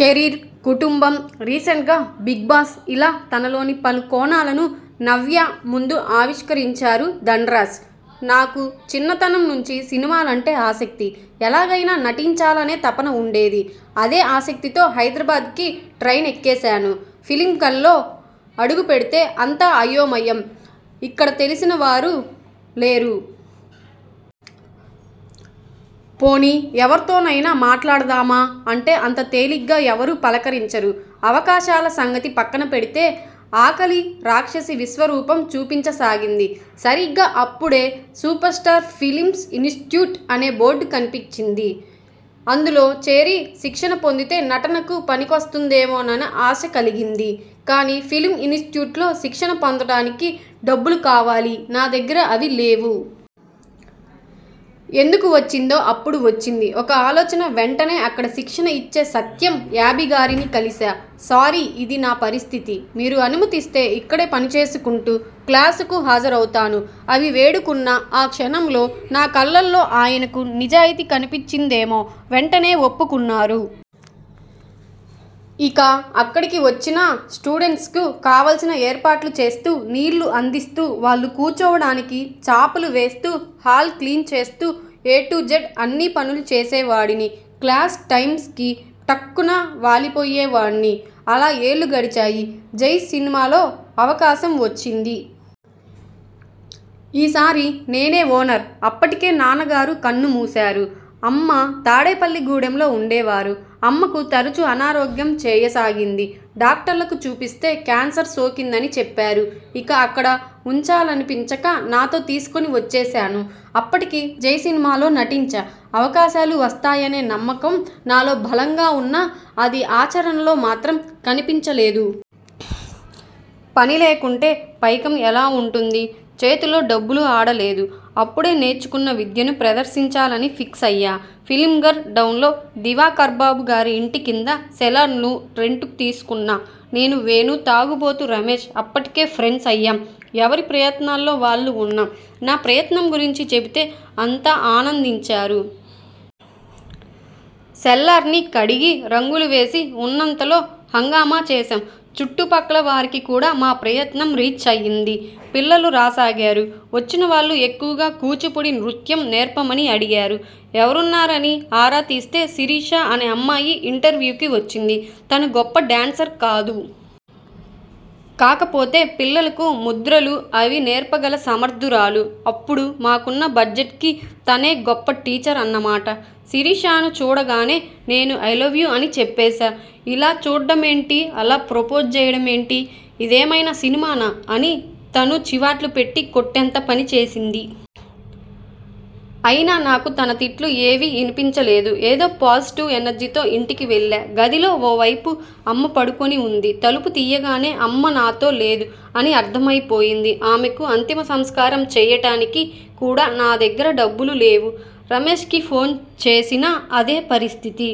Career, కుటుంబం, రీసెంట్గా Bigg Boss ఇలా తనలోని పలు కోణాలను 'నవ్య' ముందు ఆవిష్కరించారు ధన్రాజ్. ''నాకు చిన్నతనం నుంచి సినిమాలంటే ఆసక్తి. ఎలాగైనా నటించాలనే తపన ఉండేది. అదే ఆసక్తితో హైదరాబాద్కి ట్రైన్ ఎక్కేశాను. ఫిల్మ్నగర్లో అడుగుపెడితే అంతా అయోమయం. ఇక్కడ తెలిసిన వారు లేరు. పోనీ ఎవరితోనైనా మాట్లాడదామా అంటే అంత తేలిగ్గా ఎవరూ పలకరించరు. అవకాశాల సంగతి పక్కనపెడితే, ఆకలిరాక్షసి విశ్వరూపం చూపించసాగింది. సరిగ్గా అప్పుడే 'సూపర్స్టార్ ఫిల్మ్ ఇన్స్టిట్యూట్' అనే బోర్డు కనిపించింది. అందులో చేరి శిక్షణ పొందితే నటనకు పనికొస్తుందేమోననే ఆశ కలిగింది. కానీ ఫిల్మ్ ఇన్స్టిట్యూట్లో శిక్షణ పొందడానికి డబ్బులు కావాలి నా దగ్గర అవి లేవు. ఎందుకు వచ్చిందో అప్పుడు వచ్చింది ఒక ఆలోచన వెంటనే అక్కడ శిక్షణ ఇచ్చే సత్యం యాబి గారిని కలిశా. 'సార్ ఇదీ నా పరిస్థితి. మీరు అనుమతిస్తే ఇక్కడే పనిచేసుకుంటూ, క్లాసులకు హాజరవుతాను' అని వేడుకున్నా. ఆ క్షణంలో నా కళ్లల్లో ఆయనకు నిజాయతీ కనిపించిందేమో, వెంటనే ఒప్పుకున్నారు. ఇక అక్కడికి వచ్చిన స్టూడెంట్స్కి కావాల్సిన ఏర్పాట్లు చేస్తూ, నీళ్లు అందిస్తూ, వాళ్లు కూర్చోవడానికి చాపలు వేస్తూ హాల్ క్లీన్ చేస్తూ ఎ టు జెడ్ అన్నీ పనులు చేసేవాడిని. క్లాస్ టైమ్కి టక్కున వాలిపోయేవాడిని. అలా ఏళ్లు గడిచాయి. 'జై' సినిమాలో అవకాశం వచ్చింది. ఈ సారి నేనే ఓనర్! అప్పటికే నాన్నగారు కన్నుమూశారు. అమ్మ తాడేపల్లిగూడెంలో ఉండేవారు. అమ్మకు తరచూ అనారోగ్యం చేయసాగింది. డాక్టర్లకు చూపిస్తే కేన్సర్ సోకిందని చెప్పారు. ఇక అక్కడ ఉంచాలనిపించక, నాతో తీసుకుని వచ్చేశాను. అప్పటికి 'జై' సినిమాలో నటించా. అవకాశాలు వస్తాయనే నమ్మకం నాలో బలంగా ఉన్నా, అది ఆచరణలో మాత్రం కనిపించలేదు. పనిలేకుంటే పైకం ఎలా ఉంటుంది? చేతిలో డబ్బులు ఆడలేదు. అప్పుడే నేర్చుకున్న విద్యను ప్రదర్శించాలని ఫిక్స్ అయ్యా. ఫిల్మ్నగర్ డౌన్లో దివాకర్బాబుగారి ఇంటి కింద సెల్లార్ను రెంట్కు తీసుకున్నా. నేను, వేణు, 'తాగుబోతు' రమేశ్ అప్పటికే ఫ్రెండ్స్ అయ్యాం. ఎవరి ప్రయత్నాల్లో వాళ్లు ఉన్నాం. నా ప్రయత్నం గురించి చెబితే అంతా ఆనందించారు. సెల్లార్ని కడిగి, రంగులు వేసి ఉన్నంతలో హంగామా చేశాం. చుట్టుపక్కలవారికి కూడా మా ప్రయత్నం రీచ్ అయింది. పిల్లలు రాసాగారు. వచ్చిన వాళ్లు ఎక్కువగా కూచిపూడి నృత్యం నేర్పమని అడిగారు. ఎవరున్నారని ఆరా తీస్తే శిరీష అనే అమ్మాయి ఇంటర్వ్యూకి వచ్చింది. తను గొప్ప డ్యాన్సర్ కాదు. కాకపోతే పిల్లలకు ముద్రలు అవీ నేర్పగల సమర్థురాలు. అప్పుడు మాకున్న బడ్జెట్కి తనే గొప్ప టీచర్ అన్నమాట. శిరీషను చూడగానే నేను 'ఐలవ్యూ' అని చెప్పేశా. 'ఇలా చూడ్డమేంటి? అలా ప్రపోజ్ చేయడమేంటి? ఇదేమైనా సినిమానా? ' అని తను చీవాట్లు పెట్టి కొట్టేంత పనిచేసింది. అయినా నాకు తన తిట్లు ఏవీ వినిపించలేదు. ఏదో పాజిటివ్ ఎనర్జీతో ఇంటికి వెళ్లా. గదిలో ఓ వైపు అమ్మ పడుకుని ఉంది. తలుపు తీయగానే 'అమ్మ నాతో లేదు' అని అర్థమైపోయింది. ఆమెకు అంతిమసంస్కారం చేయడానికి కూడా నా దగ్గర డబ్బులు లేవు. రమేశ్కి ఫోన్ చేసినా అదే పరిస్థితి.